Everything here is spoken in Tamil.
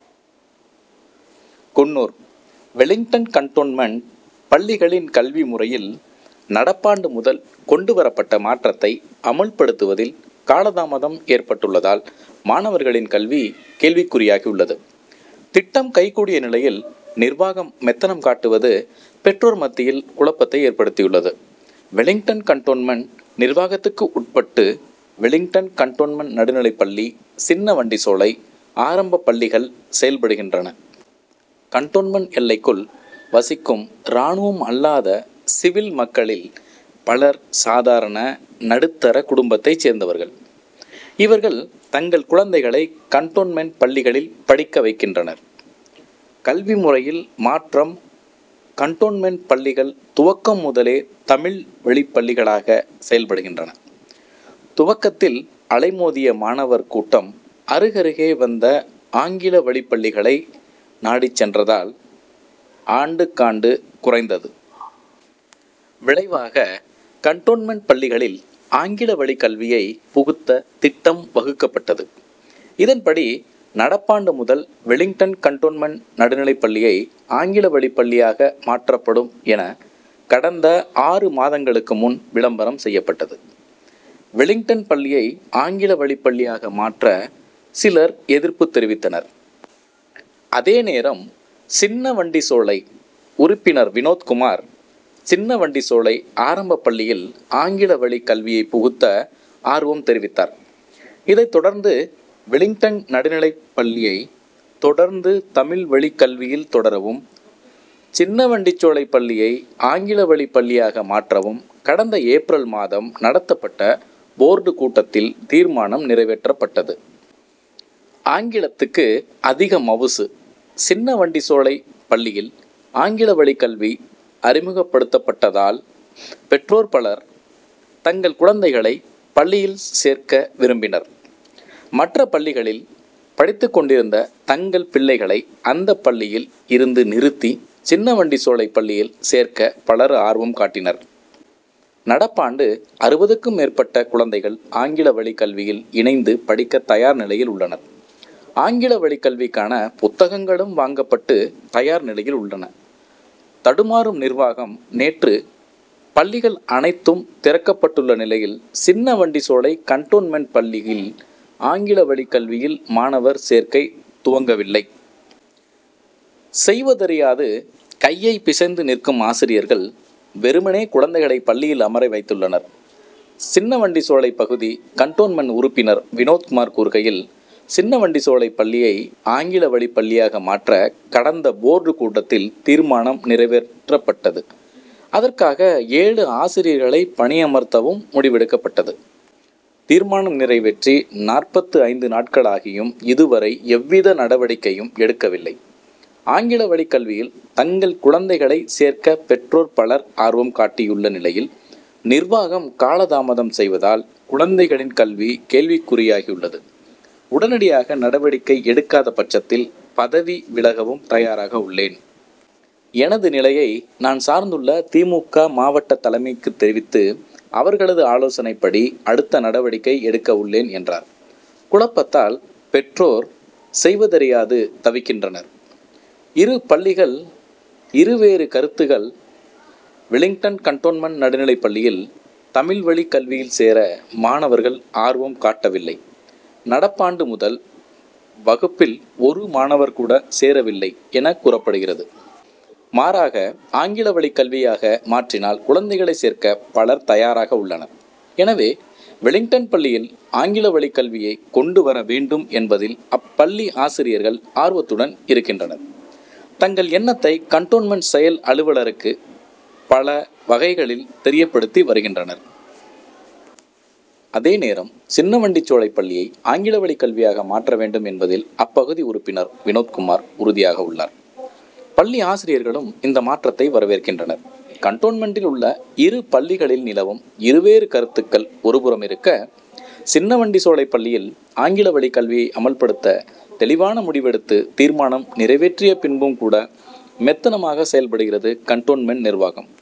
குன்னூர் வெலிங்டன் கன்டோன்மென்ட் பள்ளிகளின் கல்வி முறையில், நடப்பாண்டு முதல் கொண்டு வரப்பட்ட மாற்றத்தை அமல்படுத்துவதில் காலதாமதம் ஏற்பட்டுள்ளதால், மாணவர்களின் கல்வி கேள்விக்குறியாகியுள்ளது திட்டம் கை கூடிய நிலையில், நிர்வாகம் மெத்தனம் காட்டுவது பெற்றோர் மத்தியில் குழப்பத்தை ஏற்படுத்தியுள்ளது. வெலிங்டன் கன்டோன்மென்ட் நிர்வாகத்துக்கு உட்பட்டு, வெலிங்டன் கன்டோன்மென்ட் நடுநிலைப் பள்ளி, சின்ன வண்டிச்சோலை ஆரம்பப் பள்ளிகள் செயல்படுகின்றன. கன்டோன்மென்ட் எல்லைக்குள் வசிக்கும் ராணுவம் அல்லாத சிவில் மக்களில் பலர் சாதாரண, நடுத்தர குடும்பத்தை சேர்ந்தவர்கள் இவர்கள் தங்கள் குழந்தைகளை கன்டோன்மென்ட் பள்ளிகளில் படிக்க வைக்கின்றனர். கல்வி முறையில் மாற்றம் கன்டோன்மென்ட் பள்ளிகள் துவக்கம் முதலே தமிழ் வழிப்பள்ளிகளாக செயல்படுகின்றன துவக்கத்தில் அலைமோதிய மாணவர் கூட்டம், அருகருகே வந்த ஆங்கில வழிப்பள்ளிகளை நாடி சென்றதால் ஆண்டுக்காண்டு குறைந்தது. விளைவாக, கன்டோன்மென்ட் பள்ளிகளில் ஆங்கில வழிக் கல்வியை புகுத்த திட்டம் வகுக்கப்பட்டது இதன்படி, நடப்பாண்டு முதல் வெலிங்டன் கன்டோன்மென்ட் நடுநிலைப் பள்ளியை ஆங்கில வழிப்பள்ளியாக மாற்றப்படும் என கடந்த ஆறு மாதங்களுக்கு முன் விளம்பரம் செய்யப்பட்டது. வெலிங்டன் பள்ளியை ஆங்கில வழிப்பள்ளியாக மாற்ற, சிலர் எதிர்ப்பு தெரிவித்தனர். அதே நேரம், சின்ன வண்டிச்சோலை உறுப்பினர் வினோத்குமார், சின்ன வண்டிச்சோலை ஆரம்பப் பள்ளியில் ஆங்கில வழி கல்வியை புகுத்த ஆர்வம் தெரிவித்தார். இதைத் தொடர்ந்து, வெலிங்டன் நடுநிலைப் பள்ளியை, தொடர்ந்து தமிழ் வழிக் கல்வியில் தொடரவும், சின்ன வண்டிச்சோலை பள்ளியை ஆங்கில வழிப் பள்ளியாக மாற்றவும், கடந்த ஏப்ரல் மாதம் நடத்தப்பட்ட போர்டு கூட்டத்தில் தீர்மானம் நிறைவேற்றப்பட்டது. ஆங்கிலத்துக்கு அதிக மவுசு சின்ன வண்டிச்சோலை பள்ளியில் ஆங்கில வழிக் கல்வி அறிமுகப்படுத்தப்பட்டதால், பெற்றோர் பலர் தங்கள் குழந்தைகளை பள்ளியில் சேர்க்க விரும்பினர் மற்ற பள்ளிகளில் படித்துக் கொண்டிருந்த தங்கள் பிள்ளைகளை, அந்த பள்ளியில் இருந்து நிறுத்தி, சின்ன வண்டிச்சோலை பள்ளியில் சேர்க்க பலர் ஆர்வம் காட்டினர். நடப்பாண்டு, அறுபதுக்கும் மேற்பட்ட குழந்தைகள் ஆங்கில வழிக் கல்வியில் இணைந்து படிக்க தயார் நிலையில் உள்ளனர். ஆங்கில வழிக் கல்விக்கான புத்தகங்களும் வாங்கப்பட்டு தயார் நிலையில் உள்ளன. தடுமாறும் நிர்வாகம் நேற்று பள்ளிகள் அனைத்தும் திறக்கப்பட்டுள்ள நிலையில், சின்ன வண்டிச்சோலை கன்டோன்மென்ட் பள்ளியில் ஆங்கில வழிக் கல்வியில் மாணவர் சேர்க்கை துவங்கவில்லை. செய்வதறியாது கையை பிசைந்து நிற்கும் ஆசிரியர்கள், வெறுமனே குழந்தைகளை பள்ளியில் அமர வைத்துள்ளனர். சின்ன வண்டிச்சோலை பகுதி கன்டோன்மென்ட் உறுப்பினர் வினோத்குமார் கூறுகையில், சின்ன வண்டிச்சோலை பள்ளியை ஆங்கில வழிப் பள்ளியாக மாற்ற, கடந்த போர்டு கூட்டத்தில் தீர்மானம் நிறைவேற்றப்பட்டது அதற்காக ஏழு ஆசிரியர்களை பணியமர்த்தவும் முடிவெடுக்கப்பட்டது. தீர்மானம் நிறைவேற்றி நாற்பத்து ஐந்து நாட்கள் ஆகியும், இதுவரை எவ்வித நடவடிக்கையும் எடுக்கவில்லை. ஆங்கில வழிக் கல்வியில் தங்கள் குழந்தைகளை சேர்க்க பெற்றோர் பலர் ஆர்வம் காட்டியுள்ள நிலையில், நிர்வாகம் காலதாமதம் செய்வதால், குழந்தைகளின் கல்வி, கேள்விக் குறியாகியுள்ளது. உடனடியாக நடவடிக்கை எடுக்காத பட்சத்தில், பதவி விலகவும் தயாராக உள்ளேன். எனது நிலையை நான் சார்ந்துள்ள தி. மு. க., மாவட்ட தலைமைக்கு தெரிவித்து, அவர்களது ஆலோசனைப்படி அடுத்த நடவடிக்கை எடுக்க உள்ளேன் என்றார். குழப்பத்தால், பெற்றோர் செய்வதறியாது தவிக்கின்றனர். இரு பள்ளிகள்இரு வேறு கருத்துகள் வெலிங்டன் கன்டோன்மென்ட் நடுநிலைப் பள்ளியில், தமிழ் வழிக் கல்வியில் சேர மாணவர்கள் ஆர்வம் காட்டவில்லை நடப்பாண்டு, முதல் வகுப்பில் ஒரு மாணவர் கூட சேரவில்லை எனக் கூறப்படுகிறது. மாறாக, ஆங்கில வழிக் கல்வியாக மாற்றினால் குழந்தைகளை சேர்க்க பலர் தயாராக உள்ளனர். எனவே, வெலிங்டன் பள்ளியில் ஆங்கில வழிக் கல்வியை கொண்டு வர வேண்டும் என்பதில் அப்பள்ளி ஆசிரியர்கள் ஆர்வத்துடன் இருக்கின்றனர் தங்கள் எண்ணத்தை கன்டோன்மென்ட் செயல் அலுவலருக்கு பல வகைகளில் தெரியப்படுத்தி வருகின்றனர். அதே நேரம், சின்ன வண்டிச்சோலை பள்ளியை ஆங்கில வழிக் கல்வியாக மாற்ற வேண்டும் என்பதில் அப்பகுதி உறுப்பினர் வினோத்குமார் உறுதியாக உள்ளார். பள்ளி ஆசிரியர்களும் இந்த மாற்றத்தை வரவேற்கின்றனர். கன்டோன்மென்ட்டில் உள்ள இரு பள்ளிகளில் நிலவும் இரு வேறு கருத்துகள் ஒரு புறமிருக்க, சின்ன வண்டிச்சோலை பள்ளியில் ஆங்கில வழிக் கல்வியை அமல்படுத்த தெளிவான முடிவெடுத்து, தீர்மானம் நிறைவேற்றிய பின்பும் கூட, மெத்தனமாக செயல்படுகிறது கன்டோன்மென்ட் நிர்வாகம்.